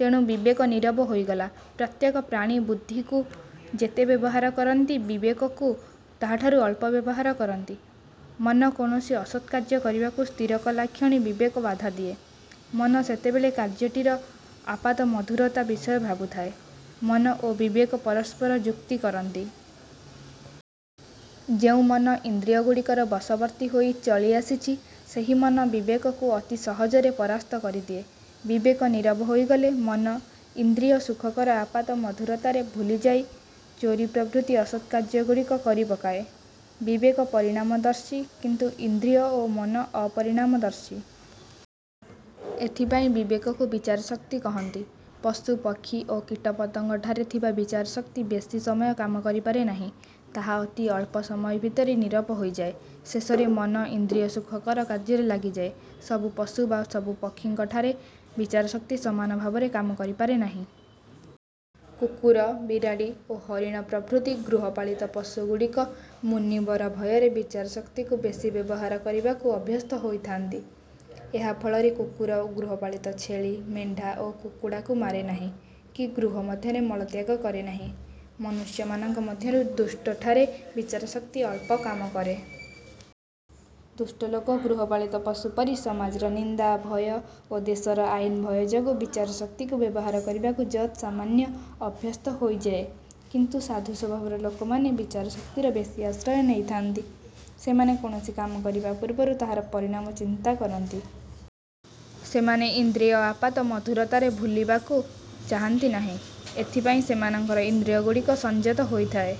ତେଣୁ ବିବେକ ନୀରବ ହୋଇଗଲା। ପ୍ରତ୍ୟେକ ପ୍ରାଣୀ ବୁଦ୍ଧିକୁ ଯେତେ ବ୍ୟବହାର କରନ୍ତି, ବିବେକକୁ ତାହାଠାରୁ ଅଳ୍ପ ବ୍ୟବହାର କରନ୍ତି। ମନ କୌଣସି ଅସତ୍ କାର୍ଯ୍ୟ କରିବାକୁ ସ୍ଥିର କଲାକ୍ଷଣି ବିବେକ ବାଧା ଦିଏ। ମନ ସେତେବେଳେ କାର୍ଯ୍ୟଟିର ଆପାତ ମଧୁରତା ବିଷୟ ଭାବୁଥାଏ। ମନ ଓ ବିବେକ ପରସ୍ପର ଯୁକ୍ତି କରନ୍ତି। ଯେଉଁ ମନ ଇନ୍ଦ୍ରିୟଗୁଡ଼ିକର ବଶବର୍ତ୍ତୀ ହୋଇ ଚଳି ଆସିଛି, ସେହି ମନ ବିବେକକୁ ଅତି ସହଜରେ ପରାସ୍ତ କରିଦିଏ। ବିବେକ ନୀରବ ହୋଇଗଲେ ମନ ଇନ୍ଦ୍ରିୟ-ସୁଖକର ଆପାତ ମଧୁରତାରେ ଭୁଲିଯାଇ ଚୋରି ପ୍ରଭୃତି ଅସତ୍ କାର୍ଯ୍ୟଗୁଡ଼ିକ କରିପକାଏ। ବିବେକ ପରିଣାମଦର୍ଶୀ କିନ୍ତୁ ଇନ୍ଦ୍ରିୟ ଓ ମନ ଅପରିମାଣମଦର୍ଶୀ। ଏଥିପାଇଁ ବିବେକକୁ ବିଚାରଶକ୍ତି କହନ୍ତି। ପଶୁପକ୍ଷୀ ଓ କୀଟପତଙ୍ଗଠାରେ ଥିବା ବିଚାରଶକ୍ତି ବେଶୀ ସମୟ କାମ କରିପାରେ ନାହିଁ। ତାହା ଅତି ଅଳ୍ପ ସମୟ ଭିତରେ ନୀରବ ହୋଇଯାଏ। ଶେଷରେ ମନ ଇନ୍ଦ୍ରିୟ-ସୁଖକର କାର୍ଯ୍ୟରେ ଲାଗିଯାଏ। ସବୁ ପଶୁ ବା ସବୁ ପକ୍ଷୀଙ୍କ ଠାରେ ବିଚାରଶକ୍ତି ସମାନ ଭାବରେ କାମ କରିପାରେ ନାହିଁ। କୁକୁର, ବିରାଡ଼ି ଓ ହରିଣ ପ୍ରଭୃତି ଗୃହପାଳିତ ପଶୁଗୁଡ଼ିକ ମୁନିବର ଭୟରେ ବିଚାରଶକ୍ତିକୁ ବେଶି ବ୍ୟବହାର କରିବାକୁ ଅଭ୍ୟସ୍ତ ହୋଇଥାନ୍ତି। ଏହା ଫଳରେ କୁକୁର ଗୃହପାଳିତ ଛେଳି, ମେଣ୍ଢା ଓ କୁକୁଡ଼ାକୁ ମାରେ ନାହିଁ କି ଗୃହ ମଧ୍ୟରେ ମଳତ୍ୟାଗ କରେ ନାହିଁ। ମନୁଷ୍ୟମାନଙ୍କ ମଧ୍ୟରୁ ଦୁଷ୍ଟଠାରେ ବିଚାରଶକ୍ତି ଅଳ୍ପ କାମ କରେ। ଦୁଷ୍ଟ ଲୋକ ଗୃହପାଳିତ ପଶୁପରି ସମାଜର ନିନ୍ଦାଭୟ ଓ ଦେଶର ଆଇନ ଭୟ ଯୋଗୁଁ ବିଚାରଶକ୍ତିକୁ ବ୍ୟବହାର କରିବାକୁ ଯତ୍ ସାମାନ୍ୟ ଅଭ୍ୟସ୍ତ ହୋଇଯାଏ କିନ୍ତୁ ସାଧୁ ସ୍ଵଭାବର ଲୋକମାନେ ବିଚାରଶକ୍ତିର ବେଶୀ ଆଶ୍ରୟ ନେଇଥାନ୍ତି। ସେମାନେ କୌଣସି କାମ କରିବା ପୂର୍ବରୁ ତାହାର ପରିଣାମ ଚିନ୍ତା କରନ୍ତି। ସେମାନେ ଇନ୍ଦ୍ରିୟ ଆପାତ ମଧୁରତାରେ ଭୁଲିବାକୁ ଚାହାନ୍ତି ନାହିଁ। ଏଥିପାଇଁ ସେମାନଙ୍କର ଇନ୍ଦ୍ରିୟଗୁଡ଼ିକ ସଂଯତ ହୋଇଥାଏ।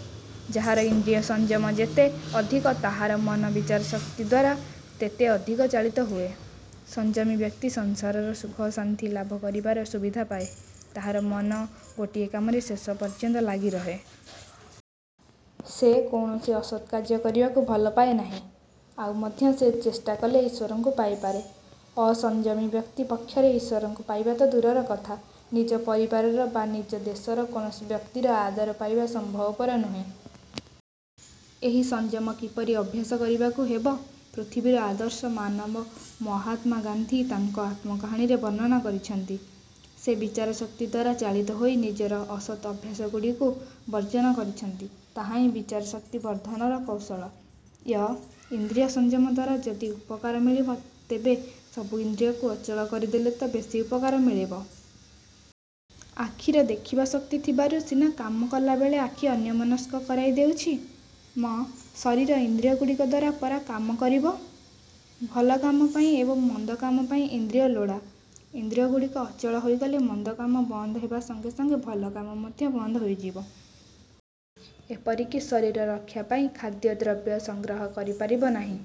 ଯାହାର ଇନ୍ଦ୍ରିୟ-ସଂଯମ ଯେତେ ଅଧିକ, ତାହାର ମନ ବିଚାରଶକ୍ତି ଦ୍ଵାରା ତେତେ ଅଧିକ ଚାଳିତ ହୁଏ। ସଂଯମୀ ବ୍ୟକ୍ତି ସଂସାରର ସୁଖଶାନ୍ତି ଲାଭ କରିବାର ସୁବିଧା ପାଏ। ତାହାର ମନ ଗୋଟିଏ କାମରେ ଶେଷ ପର୍ଯ୍ୟନ୍ତ ଲାଗି ରହେ। ସେ କୌଣସି ଅସତ୍ କାର୍ଯ୍ୟ କରିବାକୁ ଭଲପାଏ ନାହିଁ। ଆଉ ମଧ୍ୟ ସେ ଚେଷ୍ଟା କଲେ ଈଶ୍ଵରଙ୍କୁ ପାଇପାରେ। ଅସଂଯମୀ ବ୍ୟକ୍ତି ପକ୍ଷରେ ଈଶ୍ଵରଙ୍କୁ ପାଇବା ତ ଦୂରର କଥା, ନିଜ ପରିବାରର ବା ନିଜ ଦେଶର କୌଣସି ବ୍ୟକ୍ତିର ଆଦର ପାଇବା ସମ୍ଭବପର ନୁହେଁ। ଏହି ସଂଯମ କିପରି ଅଭ୍ୟାସ କରିବାକୁ ହେବ, ପୃଥିବୀର ଆଦର୍ଶ ମାନବ ମହାତ୍ମା ଗାନ୍ଧୀ ତାଙ୍କ ଆତ୍ମକାହାଣୀରେ ବର୍ଣ୍ଣନା କରିଛନ୍ତି। ସେ ବିଚାରଶକ୍ତି ଦ୍ଵାରା ଚାଳିତ ହୋଇ ନିଜର ଅସତ୍ ଅଭ୍ୟାସଗୁଡ଼ିକୁ ବର୍ଜନ କରିଛନ୍ତି। ତାହାହିଁ ବିଚାରଶକ୍ତି ବର୍ଦ୍ଧନର କୌଶଳ। ୟ-ଇନ୍ଦ୍ରିୟ ସଂଯମ ଦ୍ଵାରା ଯଦି ଉପକାର ମିଳିବ, ତେବେ ସବୁ ଇନ୍ଦ୍ରିୟକୁ ଅଚଳ କରିଦେଲେ ତ ବେଶୀ ଉପକାର ମିଳିବ? ଆଖିର ଦେଖିବା ଶକ୍ତି ଥିବାରୁ ସିନା କାମ କଲାବେଳେ ଆଖି ଅନ୍ୟମନସ୍କ କରାଇ ଦେଉଛି? ମ-ଶରୀର ଇନ୍ଦ୍ରିୟଗୁଡ଼ିକ ଦ୍ଵାରା ପରା କାମ କରିବ? ଭଲ କାମ ପାଇଁ ଏବଂ ମନ୍ଦ କାମ ପାଇଁ ଇନ୍ଦ୍ରିୟ ଲୋଡ଼ା। ଇନ୍ଦ୍ରିୟଗୁଡ଼ିକ ଅଚଳ ହୋଇଗଲେ ମନ୍ଦ କାମ ବନ୍ଦ ହେବା ସଙ୍ଗେ ସଙ୍ଗେ ଭଲ କାମ ମଧ୍ୟ ବନ୍ଦ ହୋଇଯିବ। ଏପରିକି ଶରୀର ରକ୍ଷା ପାଇଁ ଖାଦ୍ୟ ଦ୍ରବ୍ୟ ସଂଗ୍ରହ କରି ପାରିବ ନାହିଁ,